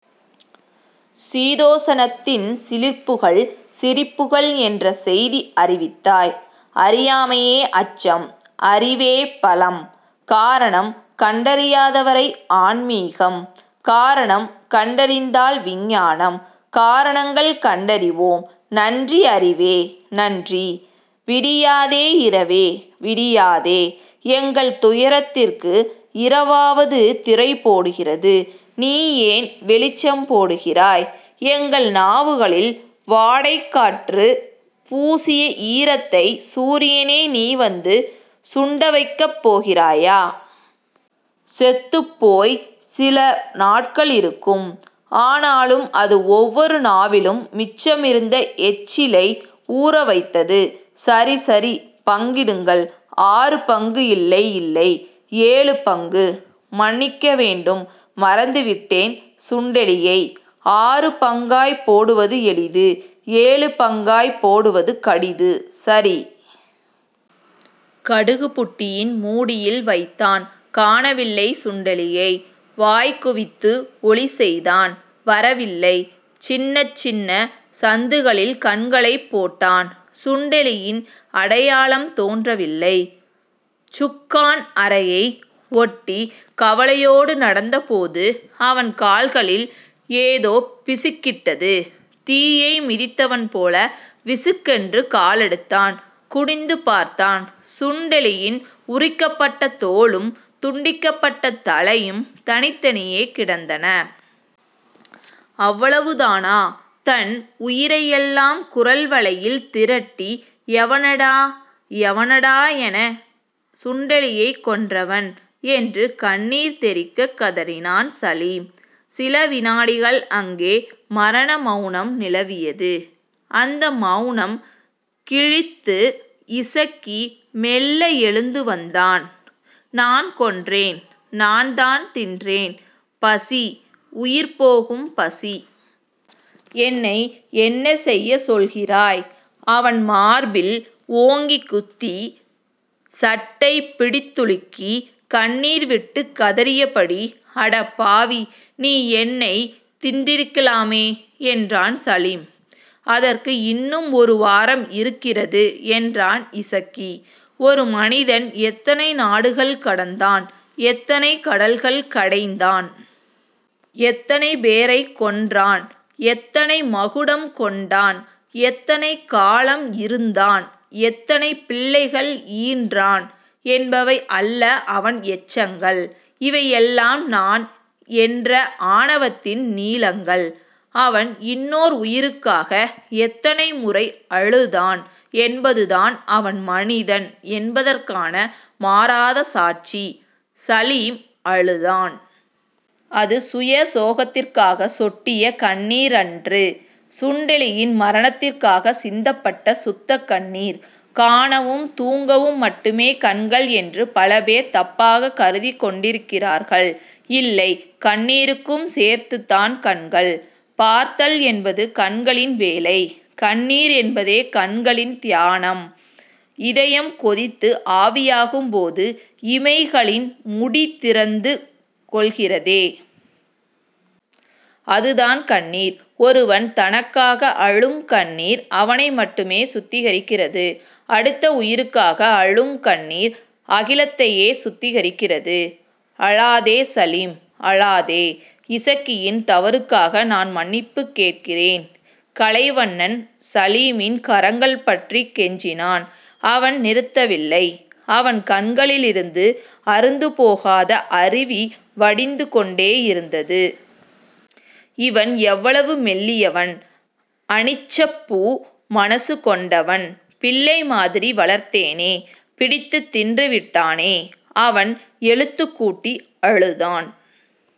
சீதோஷணத்தின் சிலிர்ப்புகள்... சிரிப்புகள் என்ற செய்தி அறிவித்தாய். அறியாமையே அச்சம். அறிவே பலம். காரணம் கண்டறியாதவரை ஆன்மீகம். காரணம் கண்டறிந்தால் விஞ்ஞானம். காரணங்கள் கண்டறிவோம். நன்றி அறிவே. நன்றி. விடியாதே இரவே. விடியாதே. எங்கள் துயரத்திற்கு இரவாவது திரைபோடுகிறது. நீ ஏன் வெளிச்சம் போடுகிறாய்? எங்கள் நாவுகளில் வாடைக்காற்று பூசிய ஈரத்தை சூரியனே நீ வந்து சுண்டவைக்கப் போகிறாயா? செத்துப்போய்ச் சில நாட்கள் இருக்கும். ஆனாலும், அது ஒவ்வொரு நாவிலும் மிச்சமிருந்த எச்சிலை ஊறவைத்தது. சரி சரி. பங்கிடுங்கள். ஆறு பங்கு. இல்லை. இல்லை. ஏழு பங்கு. மன்னிக்க வேண்டும். மறந்துவிட்டேன் சுண்டெலியை. ஆறு பங்காய்ப் போடுவது எளிது. ஏழு பங்காய்ப் போடுவது கடிது. சரி.. கடுகுபுட்டியின் முடியில் வைத்தான். காணவில்லை சுண்டெலியை. வாய்குவித்து ஒலிசெய்தான். வரவில்லை. சின்னச் சின்னச் சந்துகளில் கண்களைப் போட்டான். சுண்டெலியின் அடையாளம் தோன்றவில்லை. சுக்கான் அறையை ஒட்டிக் கவலையோடு நடந்தபோது அவன் கால்களில் ஏதோ பிசுக்கிட்டது. தீயை மிதித்தவன்போல விசுக்கென்று காலெடுத்தான், குனிந்து பார்த்தான். சுண்டெலியின் உரிக்கப்பட்ட தோலும், துண்டிக்கப்பட்ட தலையும் தனித்தனியே கிடந்தன. அவ்வளவுதான. தன் உயிரையெல்லாம் குரல்வளையில் திரட்டி எவனடா. எவனடா என சுண்டெலியைக் கொன்றவன் என்று கண்ணீர் தெறிக்கக் கதறினான் சலீம். சில விநாடிகள் அங்கே மரணமெளனம் நிலவியது. அந்த மெளனம் கிழித்து இசக்கி மெல்ல எழுந்துவந்தான். நான் கொன்றேன், நான்தான் தின்றேன். பசி, உயிர்போகும் பசி. என்னை என்ன செய்யச் சொல்கிறாய்? அவன் மார்பில் ஓங்கிக் குத்தி, சட்டை பிடித்துலுக்கி, கண்ணீர்விட்டுக் கதறியபடி அடப்பாவி. நீ என்னைத் தின்றிருக்கலாமே என்றான் சலீம். அதற்கு இன்னும் ஒரு வாரம் இருக்கிறது. என்றான் இசக்கி. ஒரு மனிதன் எத்தனை நாடுகள் கடந்தான். எத்தனை கடல்கள் கடைந்தான். எத்தனை பேரைக் கொன்றான். எத்தனை மகுடம் கொண்டான். எத்தனை காலம் இருந்தான். எத்தனை பிள்ளைகள் ஈன்றான் என்பவை அல்ல அவன் எச்சங்கள். இவையெல்லாம் நான் என்ற ஆணவத்தின் நீளங்கள். அவன் இன்னோர் உயிருக்காக எத்தனைமுறை அழுதான் என்பதுதான், அவன் மனிதன் என்பதற்கான மாறாத சாட்சி. சலீம் அழுதான். அது சுயசோகத்திற்காகச் சொட்டிய கண்ணீரன்று. சுண்டெலியின் மரணத்திற்காகச் சிந்தப்பட்ட சுத்தக் கண்ணீர். காணவும் தூங்கவும் மட்டுமே கண்கள் என்று பலபேர் தப்பாகக் கருதிக் கொண்டிருக்கிறார்கள். இல்லை கண்ணீருக்கும் சேர்த்துத்தான் கண்கள். பார்த்தல் என்பது கண்களின் வேலை. கண்ணீர் என்பதே கண்களின் தியானம். இதயம் கொதித்து ஆவியாகும்போது இமைகளின் முடி திறந்து கொள்கிறதே... அதுதான் கண்ணீர். ஒருவன் தனக்காக அழும் கண்ணீர் அவனைமட்டுமே சுத்திகரிக்கிறது. அடுத்த உயிருக்காக அழும் கண்ணீர் அகிலத்தையே சுத்திகரிக்கிறது. அழாதே சலீம். அழாதே. இசக்கியின் தவறுக்காக நான் மன்னிப்புக் கேட்கிறேன் கலைவண்ணன் சலீமின் கரங்கள் பற்றிக் கெஞ்சினான். அவன் நிறுத்தவில்லை. அவன் கண்களிலிருந்து அறுந்துபோகாத அருவி வடிந்து கொண்டேயிருந்தது. இவன் எவ்வளவு மெல்லியவன். அனிச்சப்பூ மனசு கொண்டவன். பிள்ளை மாதிரி வளர்த்தேனே. பிடித்துத் தின்றுவிட்டானே. அவன் எழுத்துக் கூட்டி அழுதான்.